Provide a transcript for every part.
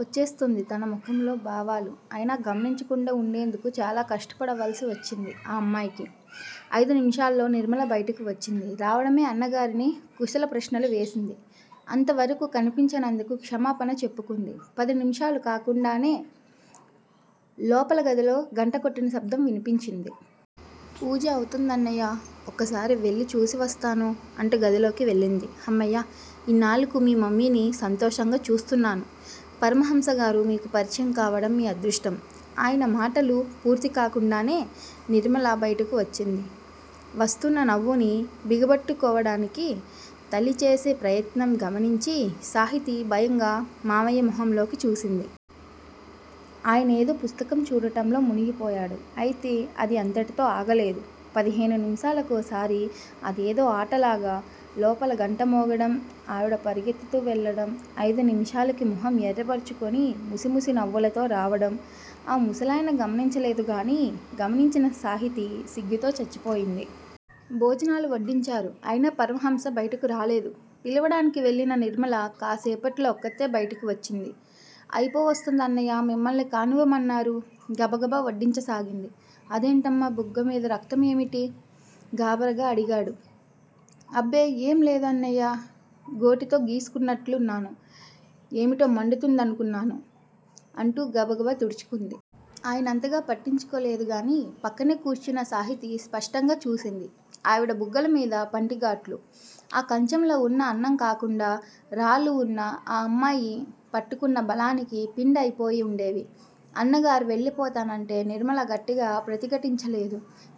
వచ్చేస్తోంది తన ముఖంలో భావాలు ఆయన గమనించకుండా ఉండేందుకు చాలా కష్టపడవలసి వచ్చింది ఆ అమ్మాయికి. అయిదు నిమిషాల్లో నిర్మల బయటకు వచ్చింది. రావడమే అన్నగారిని కుశల ప్రశ్నలు వేసింది. అంత వరకూ కనిపించనందుకు క్షమాపణ చెప్పుకుంది. పది నిముషాలు కాకుండానే లోపల గదిలో గంట కొట్టిన శబ్దం వినిపించింది. పూజ అవుతోందన్నయ్యా ఒక్కసారి వెళ్ళి చూసి వస్తాను అంటూ గదిలోకి వెళ్ళింది. హమ్మయ్యా! ఇన్నాళ్ళకు మీ మమ్మీని సంతోషంగా చూస్తున్నాను. పరమహంసగారు మీకు పరిచయం కావడం మీ అదృష్టం ఆయన మాటలు పూర్తిగాకుండానే నిర్మల బైటకు వచ్చింది. వస్తున్న నవ్వుని బిగపట్టుకోవడానికి తల్లిచేసే ప్రయత్నం గమనించి, సాహితి భయంగా మావయ్య మొహంలోకి చూసింది. ఆయనేదో పుస్తకం చూడటంలో మునిగిపోయాడు. అయితే అది అంతటితో ఆగలేదు. పదిహేను నిమిషాలకోసారి అదేదో ఆటలాగా లోపల గంట మోగడం ఆవిడ పరుగెత్తుకు వెళ్ళడం అయిదు నిమిషాలకి ముఖం ఎర్రబరుచుకొని ముసిముసి నవ్వులతో రావడం ఆ ముసలయన గమనించలేదు గాని, గమనించిన సాహితి సిగ్గుతో చచ్చిపోయింది. భోజనాలు వడ్డించారు. అయినా పరమహంస బయటకు రాలేదు. పిలవడానికి వెళ్ళిన నిర్మల కాస్సేపట్లో ఒక్కతే బయటికి వచ్చింది. అయిపోవస్తుందన్నయ్యా! మిమ్మల్ని కానివ్వమన్నారు గబగబా వడ్డించసాగింది. అదేంటమ్మా బుగ్గమీద రక్తం ఏమిటీ? గాబరాగా అడిగాడు. అబ్బే, ఏమీ లేదు అన్నయ్యా! గోటితో గీసుకునట్లున్నాను. ఏమిటో మండుతోందనుకున్నాను అంటూ గబగబా తుడుచుకుంది. ఆయనంతగా పట్టించుకోలేదు గాని, పక్కనే కూర్చున్న సాహితి స్పష్టంగా చూసింది ఆవిడ బుగ్గల మీద పంటిగాట్లు! ఆ కంచంలో అన్నం కాకుండా, రాళ్ళు వున్నా ఆ అమ్మాయి పట్టుకున్న బలానికి పిండి అయిపోయి వుండేవి. అన్నగారు వెళ్ళిపోతానంటే నిర్మల గట్టిగా ప్రతిఘటించలేదు.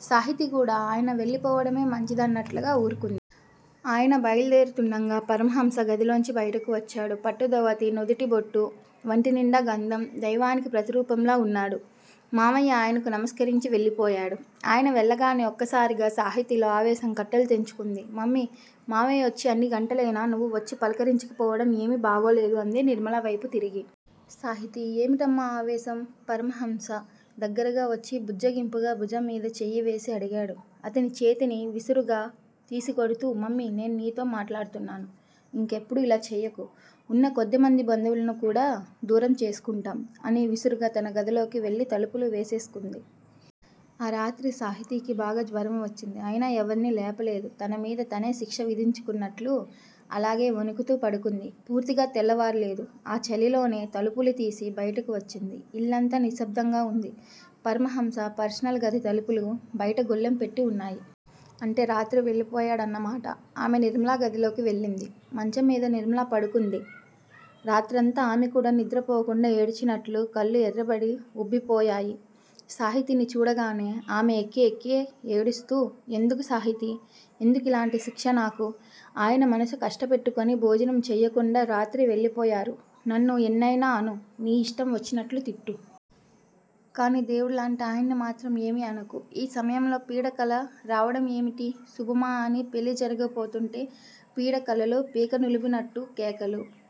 సాహితి కూడా ఆయన వెళ్ళిపోవడమే మంచిదన్నట్లుగా వూరుకుంది. ఆయన బయలు దేరుతుండగా పరమహంస గదిలోంచి బయటకు వచ్చాడు. పట్టు ధోవతి, నుదుటి బొట్టూ, వంటినిండా గంధం దైవానికి ప్రతిరూపంలా వున్నాడు. మావయ్య ఆయనకు నమస్కరించి వెళ్ళిపోయాడు. ఆయన వెళ్ళగానే ఒక్కసారిగా సాహితిలో ఆవేశం కట్టలు తెంచుకుంది. మమ్మీ! మావయ్య వచ్చి అన్ని గంటలైనా నువ్వు వచ్చి పలకరించకపోవడం ఏమీ బాగోలేదు అంది నిర్మలవైపు తిరిగి. సాహితీ! ఏమిటమ్మా ఆవేశం? పరమహంస దగ్గరగా వచ్చి బుజ్జగింపుగా భుజంమీద చెయ్యివేసి అడిగాడు. అతని చేతిని విసురుగా తీసికొడ్తూ మమ్మీ నేను నీతో మాట్లాడుతున్నాను ఇంకెప్పుడూ ఇలా చేయకు. ఉన్న కొద్దిమంది బంధువులను కూడా దూరం చేసుకుంటాం అని విసురుగా తన గదిలోకి వెళ్ళి తలుపులు వేసేసుకుంది. ఆ రాత్రి సాహితికి బాగా జ్వరం వచ్చింది. అయినా ఎవర్నీ లేపలేదు. తనమీద తనే శిక్ష విధించుకున్నట్లు అలాగే వణుకుతూ పడుకుంది. పూర్తిగా తెల్లవారలేదు. ఆ చలిలోనే తలుపు తీసి బయటకు వచ్చింది. ఇల్లంతా నిశ్శబ్దంగా వుంది. పరమహంస పెర్సనల్ గది తలుపులు బయట గొళ్ళెం పెట్టి వున్నాయి. అంటే రాత్రే వెళ్ళిపోయాడన్నమాట. ఆమె నిర్మల గదిలోకి వెళ్ళింది. మంచం మీద నిర్మల పడుకుంది. రాత్రంతా ఆమెకూడా నిద్రపోకుండా ఏడ్చినట్లు కళ్ళు ఎర్రబడి వుబ్బి పోయాయి. సాహితిని చూడగానే ఆమె వెక్కి వెక్కి ఏడుస్తూ ఎందుకు సాహితీ! ఎందుకిలాంటి శిక్ష నాకు? ఆయన మనసు కష్టపెట్టుకుని భోజనం చెయ్యకుండా రాత్రే వెళ్ళిపోయారు నన్ను ఎన్నయినా అను నీ ఇష్టం వచ్చినట్లు తిట్టు. కానీ దేవుడిలాంటి ఆయన్ని మాత్రం ఏమీ అనకు. ఈ సమయంలో పీడకల రావడం ఏమిటి? శుభమా అని పెళ్ళి జరగబోతుంటే పీడకలలూ, పీక నులిమినట్టు కేకలూ-